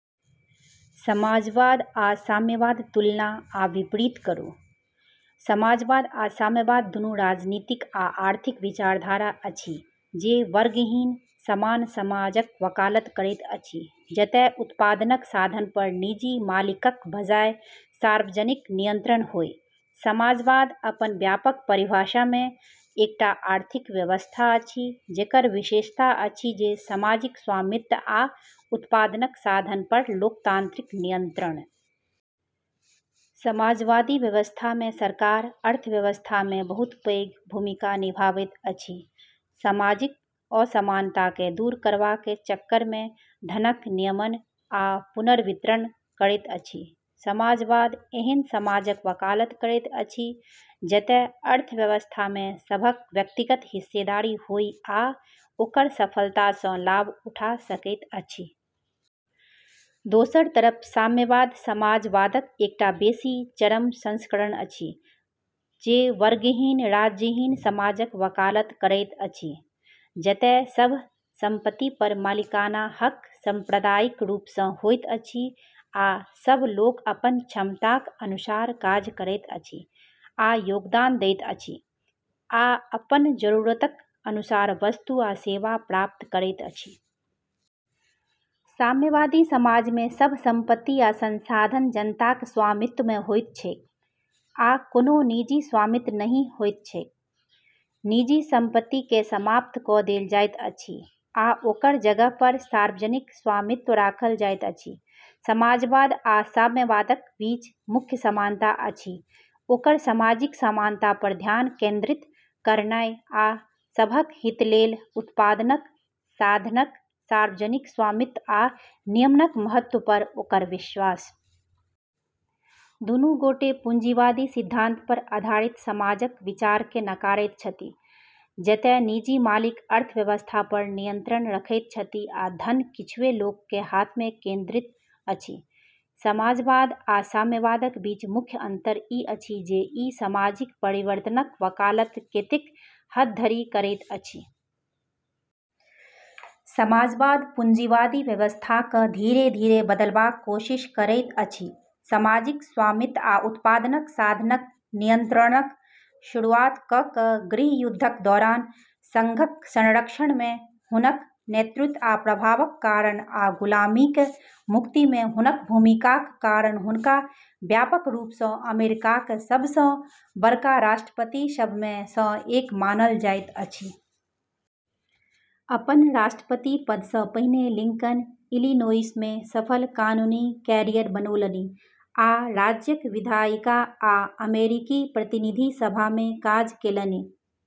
समाजवाद आ साम्यवादक तुलना आ विपरीत करू। समाजवाद आ साम्यवाद दुनू राजनीतिक आ आर्थिक विचारधारा अछि जे वर्गहीन, समान समाजक वकालत करैत अछि जतय उत्पादनक साधनपर निजी मालिकक बजाय सार्वजनिकक नियन्त्रण होय। समाजवाद, अपन व्यापक परिभाषामे, एकटा आर्थिक व्यवस्था अछि जेकर विशेषता अछि जे सामाजिक स्वामित्व आ उत्पादनक साधनपर लोकतान्त्रिक नियन्त्रण। समाजवादी व्यवस्थामे सरकार अर्थव्यवस्थामे बहुत पैघ भूमिका निभाबैत अछि, सामाजिक असमानताकेँ दूर करबाक चक्करमे धनक नियमन आ पुनर्वितरण करैत अछि। समाजवाद एहन समाजक वकालत करैत अछि जतय अर्थव्यवस्थामे सभक व्यक्तिगत हिस्सेदारी होय आ ओकर सफलतासँ लाभ उठा सकैत अछि। दोसर तरफ साम्यवाद समाजवादक एकटा बेसी चरम संस्करण अछि, जे वर्गहीन, राज्यहीन समाजक वकालत करैत अछि, जतय सभ सम्पतिपर मालिकाना हक साम्प्रदायिक रूपसँ होइत अछि, आ सभ लोक अपन क्षमताक अनुसार काज करैत अछि आ योगदान दैत अछि, आ अपन जरूरतक अनुसार वस्तु आ सेवा प्राप्त करैत अछि। साम्यवादी समाजमे सभ सम्पति आ संसाधन जनताक स्वामित्वमे होइत छैक, आ कोनो निजी स्वामित्व नहि होइत छैक। निजी सम्पतिकेँ समाप्त कऽ देल जाइत अछि आ ओकर जगहपर सार्वजनिक स्वामित्व राखल जाइत अछि। समाजवाद आ साम्यवादक बीच मुख्य समानता अछि ओकर सामाजिक समानतापर ध्यान केन्द्रित करनाइ, आ सभक हितलेल उत्पादनक साधनक सार्वजनिक स्वामित्व आ नियमनक महत्वपर ओकर विश्वास। दूनू गोटे पूँजीवादी सिद्धान्तपर आधारित समाजक विचारकेँ नकारैत छथि, जतय निजी मालिक अर्थव्यवस्थापर नियन्त्रण रखैत छथि आ धन किछुए लोकक हाथमे केन्द्रित अछि। समाजवाद आ साम्यवादक बीच मुख्य अन्तर ई अछि जे ई सामाजिक परिवर्तनक वकालत केतेक हदधरि करैत अछि। समाजवाद पूँजीवादी व्यवस्थाकेँ धीरे-धीरे बदलबाक कोशिश करैत अछि, सामाजिक स्वामित्व आ उत्पादनक साधनक नियन्त्रणक शुरुआत कऽ कऽ। गृहयुद्धक दौरान सङ्घक संरक्षणमे हुनक नेतृत्व आ प्रभावक कारण आ गुलामीक मुक्तिमे हुनक भूमिकाक कारण हुनका व्यापक रूपसँ अमेरिकाक सबसँ बड़का राष्ट्रपतिसभमे सँ एक मानल जाइत अछि। अपन राष्ट्रपति पदसँ पहिने लिङ्कन इलिनोइसमे सफल कानूनी क्यारियर बनौलनि आ राज्यक विधायिका आ अमेरिकी प्रतिनिधि सभामे काज केलनि।